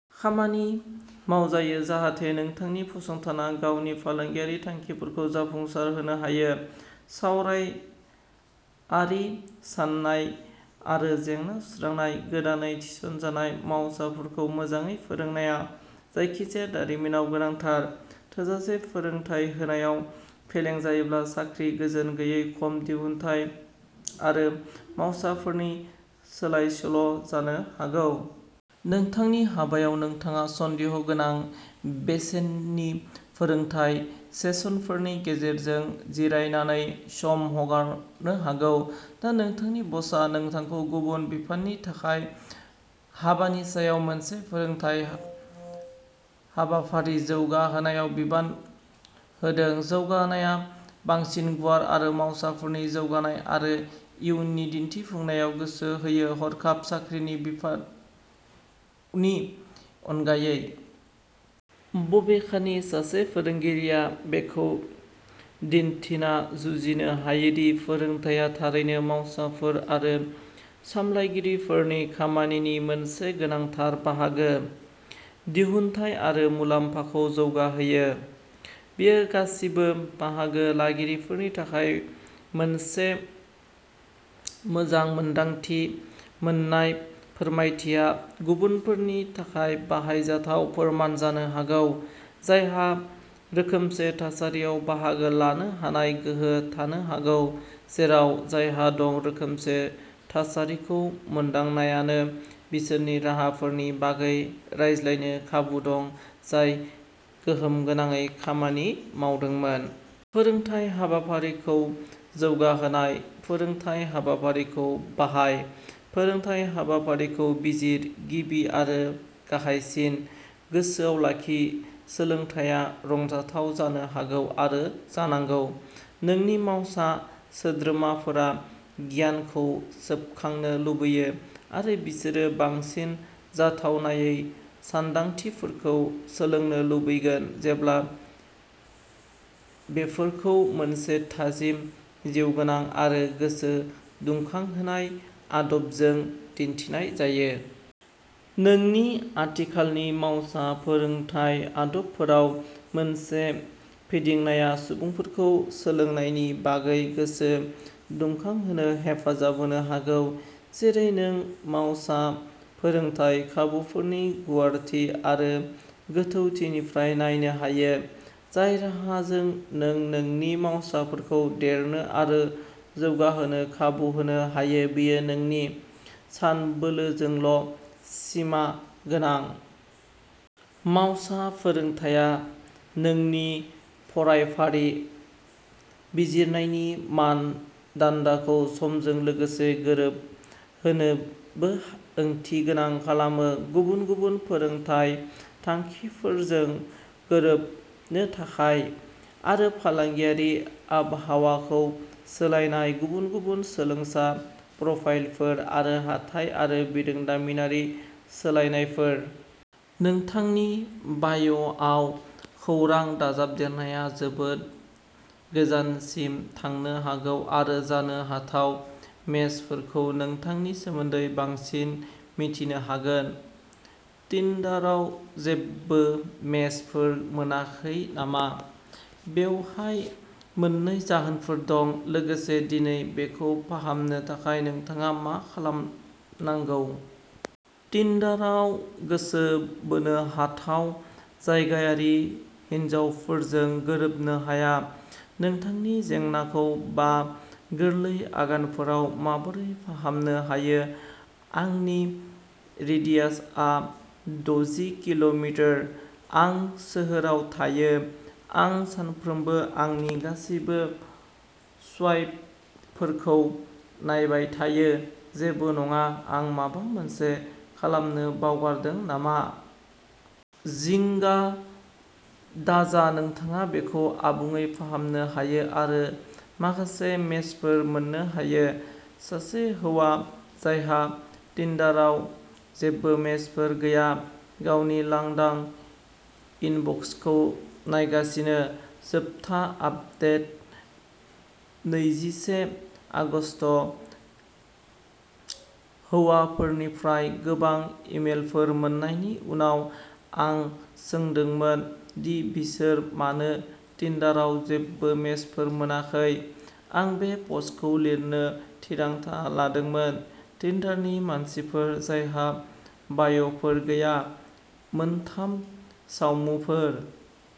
खामानि मावजायो जाहाथे नोंथांनि फसंथाना गावनि फालांगियारि थांखिफोरखौ जाफुंसारहोनो हायो। सावरायारि साननाय आरो जेंना सुस्रांनाय। गोदानै थिसनजानाय मावसाफोरखौ मोजाङै फोरोंनाया जायखिजाया दारिमिनाव गोनांथार। थोजासे फोरोंथाय होनायाव फेलें जायोब्ला साख्रि गोजोन गैयै, खम दिहुनथाइ आरो मावसाफोरनि सोलाय-सोल' जानो हागौ। नोंथांनि हाबायाव, नोंथाङा सन्देहगोनां बेसेननि फोरोंथाय सेसनफोरनि गेजेरजों जिरायनानै सम हगारनो हागौ। दा नोंथांनि बसआ नोंथांखौ गुबुन बिफाननि थाखाय हाबानि सायाव मोनसे फोरोंथाय हाबाफारि जौगाहोनायाव बिबान होदों। जौगानायआ बांसिन गुवार आरो मावसाफोरनि जौगानाय आरो इयुननि दिन्थिफुंनायाव गोसो होयो, हरखाब साख्रिनि बिफावनि अनगायै। बबेखानि, सासे फोरोंगिरिया बेखौ दिन्थिना जुजिनो हायो दि फोरोंथाया थारैनो मावसाफोर आरो सामलायगिरिफोरनि खामानिनि मोनसे गोनांथार बाहागो। दिहुनथाइ आरो मुलाम्फाखौ जौगाहोयो। बेयो गासिबो बाहागो लागिरिफोरनि थाखाय मोनसे मोजां मोन्दांथि मोन्नाय फोरमायथिया गुबुनफोरनि थाखाय बाहायजाथाव फोरमान जानो हागौ जायहा रोखोमसे थासारियाव बाहागो लानो हानाय गोहो थानो हागौ, जेराव जायहा दं रोखोमसे थासारिखौ मोनदांनायानो बिसोरनि राहाफोरनि बागै रायज्लायनो खाबु दं जाय गोहोम गोनाङै खामानि मावदोंमोन। फोरोंथाय हाबाफारिखौ जौगाहोनाय। फोरोंथाय हाबाफारिखौ बाहाय। फोरोंथाय हाबाफारिखौ बिजिर। गिबि आरो गाहायसिन, गोसोआव लाखि सोलोंनाया रंजाथाव जानो हागौ आरो जानांगौ। नोंनि मावसा सोद्रोमाफोरा गियानखौ सोबखांनो लुबैयो, आरो बिसोरो बांसिन जाथावनायै सानदांथिफोरखौ सोलोंनो लुबैगोन जेब्ला बेफोरखौ मोनसे थाजिम, जिउगोनां आरो गोसो दुंखांहोनाय आदबजों दिन्थिनाय जायो। नोंनि आथिखालनि मावसा फोरोंथाय आदबफोराव मोनसे फिदिंनाया सुबुंफोरखौ सोलोंनायनि बागै गोसो दुंखांहोनो हेफाजाब होनो हागौ। जेरै नों मावसा फोरोंथाय खाबुफोरनि गुवारथि आरो गोथौथिनिफ्राय नायनो हायो, जाय राहाजों नों नोंनि मावसाफोरखौ देरनो आरो जौगाहोनो खाबु होनो हायो बेयो नोंनि सानबोलोजोंल' सिमा गोनां। मावसा फोरोंथाया नोंनि फरायफारि बिजिरनायनि मान दान्दाखौ समजों लोगोसे गोरोब होनोबो ओंथि गोनां खालामो, गुबुन गुबुन फोरोंथाय थांखिफोरजों गोरोबनो थाखाय। आरो फालांगियारि आबहावाखौ सोलायनाय, गुबुन गुबुन सोलोंसा प्रफाइलफोर, आरो हाथाइ आरो बिरोंदामिनारि सोलायनायफोर। नोंथांनि बाय'आव खौरां दाजाबदेरनाया जोबोद गोजानसिम थांनो हागौ आरो जानो हाथाव मेचफोरखौ नोंथांनि सोमोन्दै बांसिन मिथिनो हागोन। टिन्डाराव जेबो मेचफोर मोनाखै नामा? बेवहाय मोननै जाहोनफोर दं, लोगोसे दिनै बेखौ फाहामनो थाखाय नोंथाङा मा खालामनांगौ। टिन्डाराव गोसो बोनो हाथाव जायगायारि हिनजावफोरजों गोरोबनो हाया नोंथांनि जेंनाखौ बा गोरलै आगानफोराव माबोरै फाहामनो हायो आंनि रेडियासआ दजि किल'मिटार। आं सोहोराव थायो। आं सानफ्रोमबो आंनि गासिबो स्वाइपफोरखौ नायबाय थायो। जेबो नङा? आं माबा मोनसे खालामनो बावगारदों नामा? जिंगा दाजा नोंथाङा बेखौ आबुङै फाहामनो हायो आरो माखासे मेचफोर मोननो हायो। सासे हौवा जायहा टिन्डाराव जेबो मेचफोर गैया, गावनि लांदां इनबक्सखौ नायगासिनो। जोबथा आपदेट नैजिसे आगस्त हौवाफोरनिफ्राय गोबां इमेलफोर मोननायनि उनाव, आं सोंदोंमोन दि बिसोर मानो टिन्डाराव जेबो मेचफोर मोनाखै, आं बे पस्टखौ लिरनो थिरांथा लादोंमोन। टिन्डारनि मानसिफोर जायहा बाय'फोर गैया, मोनथाम सावमुफोर।